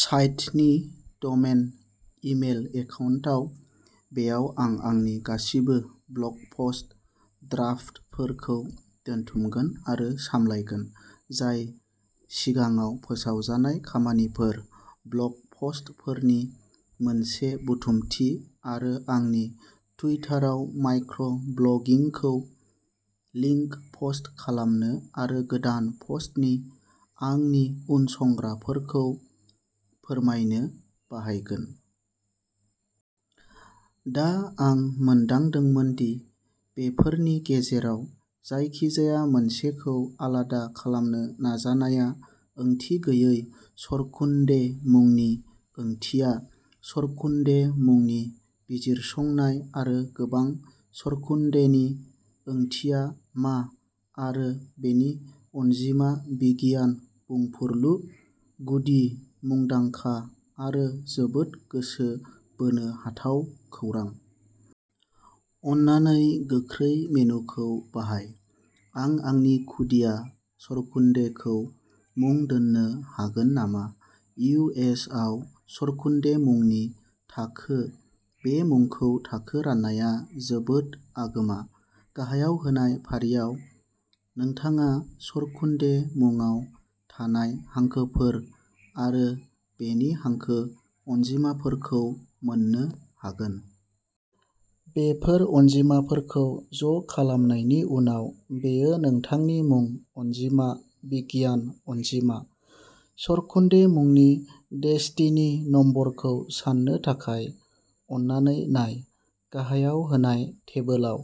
साइटनि domain email एकाउन्टाव बेयाव आं आंनि गासिबो ब्लग पस्ट ड्राफ्टफोरखौ दोनथुमगोन आरो सामलायगोन, जाय सिगाङाव फोसावजानाय खामानिफोर, ब्लग पस्टफोरनि मोनसे बुथुमथि आरो आंनि टुइटाराव माइक्र' ब्लगिंखौ लिंक पस्ट खालामनो आरो गोदान पस्टनि आंनि उनसंग्राफोरखौ फोरमायनो बाहायगोन। दा आं मोनदांदोंमोन दि बेफोरनि गेजेराव जायखिजाया मोनसेखौ आलादा खालामनो नाजानाया ओंथि गैयै सरकुन्डे मुंनि ओंथिया, सरकुन्डे मुंनि बिजिरसंनाय आरो गोबां सरकुन्डेनि ओंथिया मा आरो बेनि अनजिमा बिगियान, बुंफुरलु, गुदि, मुंदांखा आरो जोबोद गोसो बोनो हाथाव खौरां। अन्नानै गोख्रै मेनुखौ बाहाय। आं आंनि खुदिया सरकुन्डेखौ मुं दोन्नो हागोन नामा इउ एस आव सरकुन्डे मुंनि थाखो बे मुंखौ थाखो राननाया जोबोद आगोमा। गाहायाव होनाय फारियाव, नोंथाङा सरकुन्डे मुंआव थानाय हांखोफोर आरो बेनि हांखो अनजिमाफोरखौ मोन्नो हागोन। बेफोर अनजिमाफोरखौ ज'खालामनायनि उनाव, बेयो नोंथांनि मुं अनजिमा बिगियान अनजिमा। सरकुन्डे मुंनि डेस्टिनि नम्बरखौ साननो थाखाय, अन्नानै नाय। गाहायाव होनाय टेबोलाव।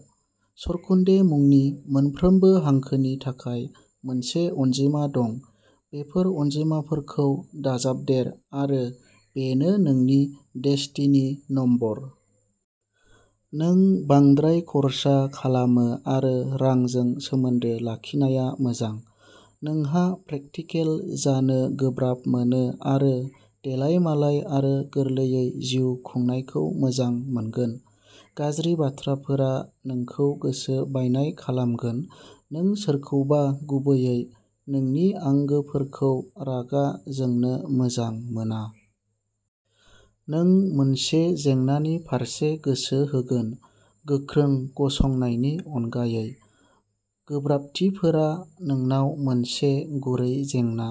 सरकुन्डे मुंनि मोनफ्रोमबो हांखोनि थाखाय मोनसे अनजिमा दं। बेफोर अनजिमाफोरखौ दाजाबदेर आरो बेनो नोंनि डेस्टिनि नम्बर। नों बांद्राय खर्सा खालामो आरो रांजों सोमोन्दो लाखिनाया मोजां। नोंहा प्रेकटिकेल जानो गोब्राब मोनो आरो देलायमालाय आरो गोरलैयै जिउ खुंनायखौ मोजां मोनगोन। गाज्रि बाथ्राफोरा नोंखौ गोसो बायनाय खालामगोन। नों सोरखौबा गुबैयै नोंनि आंगोफोरखौ रागा जोंनो मोजां मोना। नों मोनसे जेंनानि फारसे गोसो होगोन, गोख्रों गसंनायनि अनगायै। गोब्राबथिफोरा नोंनाव मोनसे गुरै जेंना।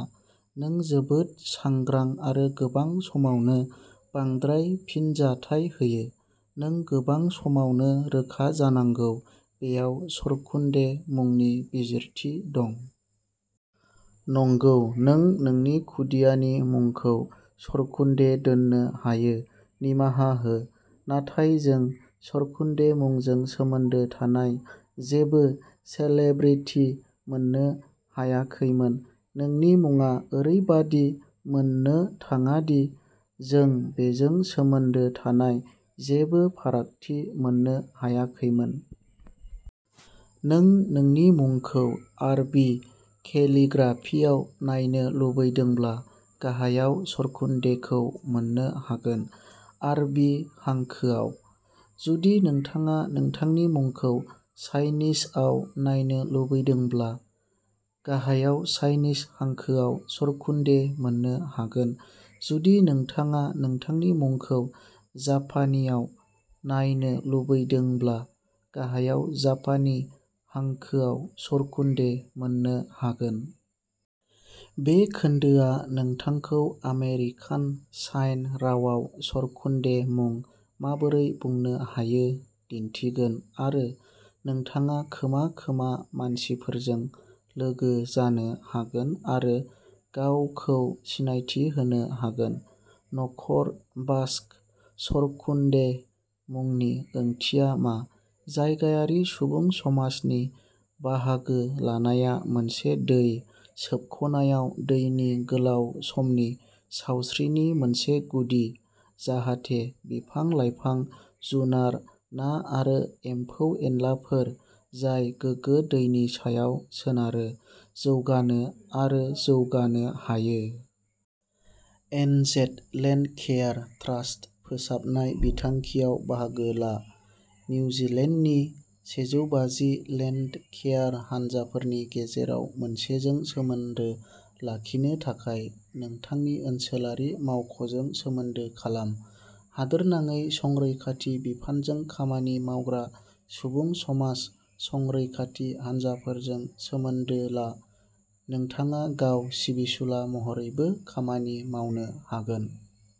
नों जोबोद सांग्रां आरो गोबां समावनो बांद्राय फिनजाथाय होयो। नों गोबां समावनो रोखा जानांगौ। बेयाव सरकुन्डे मुंनि बिजिरथि दं। नंगौ नों नोंनि खुदियानि मुंखौ सरकुन्डे दोन्नो हायो निमाहा हो, नाथाय जों सरकुन्डे मुंजों सोमोन्दो थानाय जेबो सेलेब्रिटि मोननो हायाखैमोन। नोंनि मुङा ओरैबादि मोननो थाङा दि जों बेजों सोमोन्दो थानाय जेबो फारागथि मोननो हायाखैमोन। नों नोंनि मुंखौ आरबी केलिग्राफियाव नायनो लुबैदोंब्ला गाहायाव सरकुन्डेखौ मोन्नो हागोन। आरबि हांखोआव। जुदि नोंथाङा नोंथांनि मुंखौ चाइनिसआव नायनो लुबैदोंब्ला गाहायाव चाइनिस हांखोआव सरकुन्डे मोन्नो हागोन। जुदि नोंथाङा नोंथांनि मुंखौ जापानीआव नायनो लुबैदोंब्ला गाहायाव जापानी हांखोआव सरकुन्डे मोन्नो हागोन। बे खोन्दोआ नोंथांखौ आमेरिकान साइन रावआव सरकुन्डे मुं माबोरै बुंनो हायो दिन्थिगोन आरो नोंथाङा खोमा खोमा मानसिफोरजों लोगो जानो हागोन आरो गावखौ सिनायथि होनो हागोन। न'खर बास्क सरकुन्डे मुंनि ओंथिया मा? जायगायारि सुबुं समाजनि बाहागो लानाया मोनसे दै सोबख' नायाव दैनि गोलाव समनि सावस्रिनि मोनसे गुदि, जाहाथे बिफां-लाइफां, जुनार, ना आरो एम्फौ-एनलाफोर जाय गोगो दैनि सायाव सोनारो, जौगानो आरो जौगानो हायो। एनजेड लेन्डकेयार ट्रास्ट फोसाबनाय बिथांखियाव बाहागो ला। निउजिलेन्डनि सेजौबाजि लेन्डकेयार हानजाफोरनि गेजेराव मोनसेजों सोमोन्दो लाखिनो थाखाय नोंथांनि ओनसोलारि मावख'जों सोमोन्दो खालाम। हादोरनाङै संरैखाथि बिफानजों खामानि मावग्रा सुबुं समाज संरैखाथि हानजाफोरजों सोमोन्दो ला। नोंथाङा गाव सिबिसुला महरैबो खामानि मावनो हागोन।